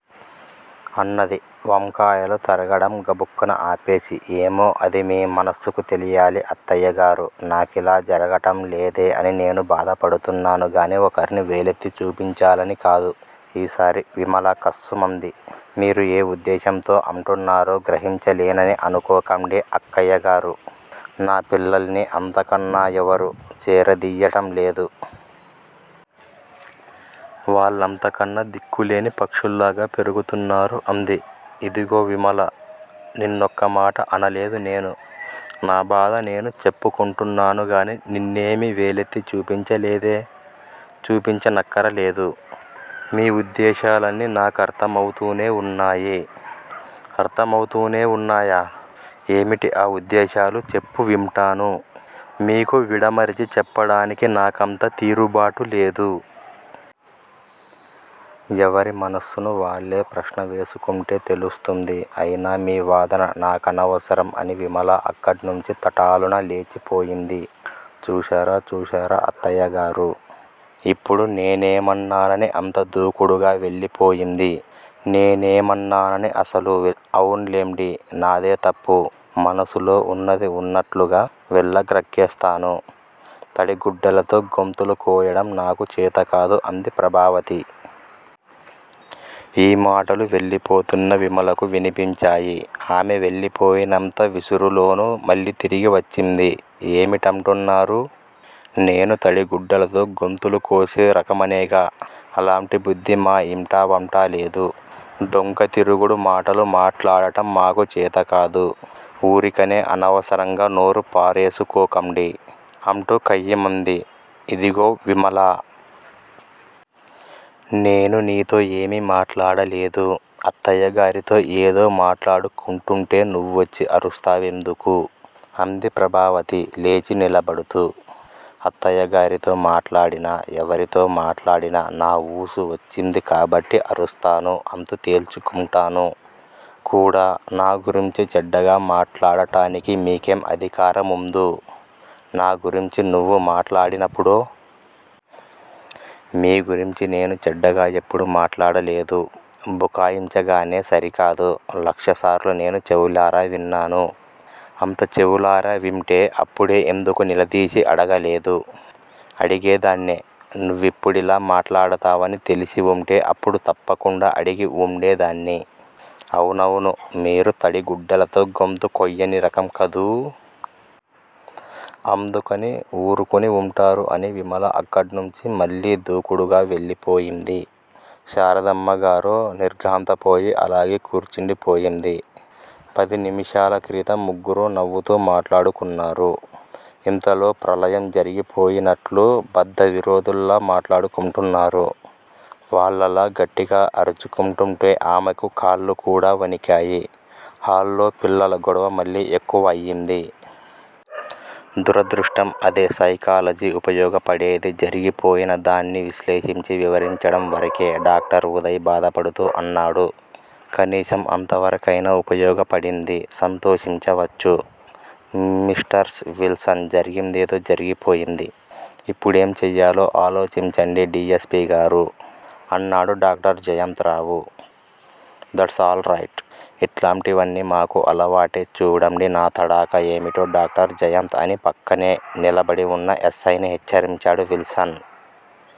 అన్నది వంకాయలు తరగటం గబుక్కున ఆపేసి. ఏమో, అది మీ మనస్సుకి తెలియాలి అత్తయ్యగారూ! నాకిలా జరగటం లేదే అని నేను బాధపడుతున్నాను గానీ ఒకర్ని వేలెత్తి చూపించాలని కాదు. ఈసారి విమల కస్సుమంది. మీరు ఏ ఉద్దేశంతో అంటున్నారో గ్రహించలేనని అనుకోకండి అక్కయ్యగారూ! నా పిల్లల్ని అంతకన్నా ఎవరూ చేరదియ్యటంలేదు. వాళ్ళంతకన్నా దిక్కులేని పక్షుల్లాగా పెరుగుతున్నారు అంది. ఇదిగో విమలా, నిన్నొకమాట అనలేదు నేను. నా బాధ నేను చెప్పుకుంటున్నాను గానీ నిన్నేమీ వేలెత్తి చూపించలేదే? చూపించనక్కరలేదు. మీ ఉద్దేశాలన్నీ నాకర్ధమవుతూనే వున్నాయి. అర్ధమవుతూనే వున్నాయా? ఏమిటి ఆ ఉద్దేశాలు చెప్పు వింటాను? మీకు విడమరిచి చెప్పడానికి నాకంత తీరుబాటు లేదు. ఎవరి మనస్సును వాళ్ళే ప్రశ్నవేసుకుంటే తెలుస్తుంది. అయినా మీ వాదన నాకనవసరం అని విమల అక్కడ్నుంచి తటాలున లేచిపోయింది. చూశారా, చూశారా అత్తయ్యగారూ! ఇప్పుడు నేనేమన్నానని అంత దూకుడుగా వెళ్ళిపోయింది? నేనేమన్నానని అసలు? అవున్లెండి, నాదే తప్పు మనసులో వున్నది వున్నట్లుగా వెళ్ళగ్రక్కేస్తాను. తడి గుడ్డలతో గొంతులు కోయటం నాకు చేతకాదు అంది ప్రభావతి. ఈ మాటలు వెళ్ళిపోతున్న విమలకు వినిపించాయి. ఆమె వెళ్ళిపోయినంత విసురులోనూ మళ్ళీ తిరిగివచ్చింది. ఏమిటంటున్నారు? నేను తడిగుడ్డలతో గొంతులుకోసే రకమనేగా? అలాంటి బుద్ది మా ఇంటా వంటా లేదు. డొంకతిరుగుడు మాటలు మాట్లాడటం మాకు చేతకాదు. ఊరికినే అనవసరంగా నోరు పారేసుకోకండి అంటూ కయ్యిమంది. ఇదిగో విమలా! నేను నీతో ఏమీ మాట్లాడలేదు. అత్తయ్యగారితో ఏదో మాట్లాడుకుంటుంటే నువ్వొచ్చి అరుస్తావెందుకు? అంది ప్రభావతి లేచి నిలబడుతూ. అత్తయ్యగారితో మాట్లాడినా, ఎవరితో మాట్లాడినా నా ఊసు వచ్చింది కాబట్టి అరుస్తాను. అంతు తేల్చుకుంటాను కూడా నా గురించి చెడ్డగా మాట్లాడటానికి మీకేం అధికారముందు? నాగురించి నువ్వు మాట్లాడినప్పుడో. మీ గురించి నేను చెడ్డగా ఎప్పుడూ మాట్లాడలేదు. బుకాయించగానే సరికాదు. లక్షసార్లు నేను చెవులారా విన్నాను. అంత చెవులారా వింటే అప్పుడే ఎందుకు నిలదీసి అడగలేదు? అడిగేదాన్నే నువ్విప్పుడిలా మాట్లాడతావని తెలిసివుంటే అప్పుడు తప్పకుండా అడిగి వుండేదాన్ని. అవునవును మీరు తడిగుడ్డలతో గొంతు కొయ్యనిరకం కదూ? అందుకని ఊరుకుని వుంటారు అని విమల అక్కడ్నుంచి మళ్ళీ దూకుడుగా వెళ్ళిపోయింది. శారదమ్మగారు నిర్ఘాంతపోయి అలానే కూర్చుండిపోయింది. పదినిముషాల క్రితం ముగ్గురూ నవ్వుతూ మాట్లాడుకున్నారు. ఇంతలో ప్రళయం జరిగిపోయినట్లు బద్ధవిరోధుల్లా మాట్లాడుకుంటున్నారు. వాళ్ళలా గట్టిగా అరుచుకుంటుంటే ఆమెకు కాళ్ళుకూడా వణికాయి. హాల్లో పిల్లల గొడవ మళ్ళీ ఎక్కువయింది. దురదృష్టం అదే సైకాలజీ ఉపయోగపడేది జరిగిపోయినదాన్ని విశ్లేషించి వివరించడంవరకే డాక్టర్ ఉదయ్ బాధపడుతూ అన్నాడు. కనీసం అంతవరకయినా ఉపయోగపడింది. సంతోషించవచ్చు. మిష్టర్స్ విల్సన్ జరిగిందేదో జరిగిపోయింది. ఇప్పుడేం చెయ్యాలో ఆలోచించండి డి. యస్. పి. గారూ? అన్నాడు doctor Jayant Rao. That's all right! ఇట్లాటివన్నీ మాకు అలవాటే చూడండి నాతడాఖా ఏమిటో డాక్టర్ జయంత్ అని పక్కనే నిలబడి వున్న యస్సైని హెచ్చరించాడు విల్సన్.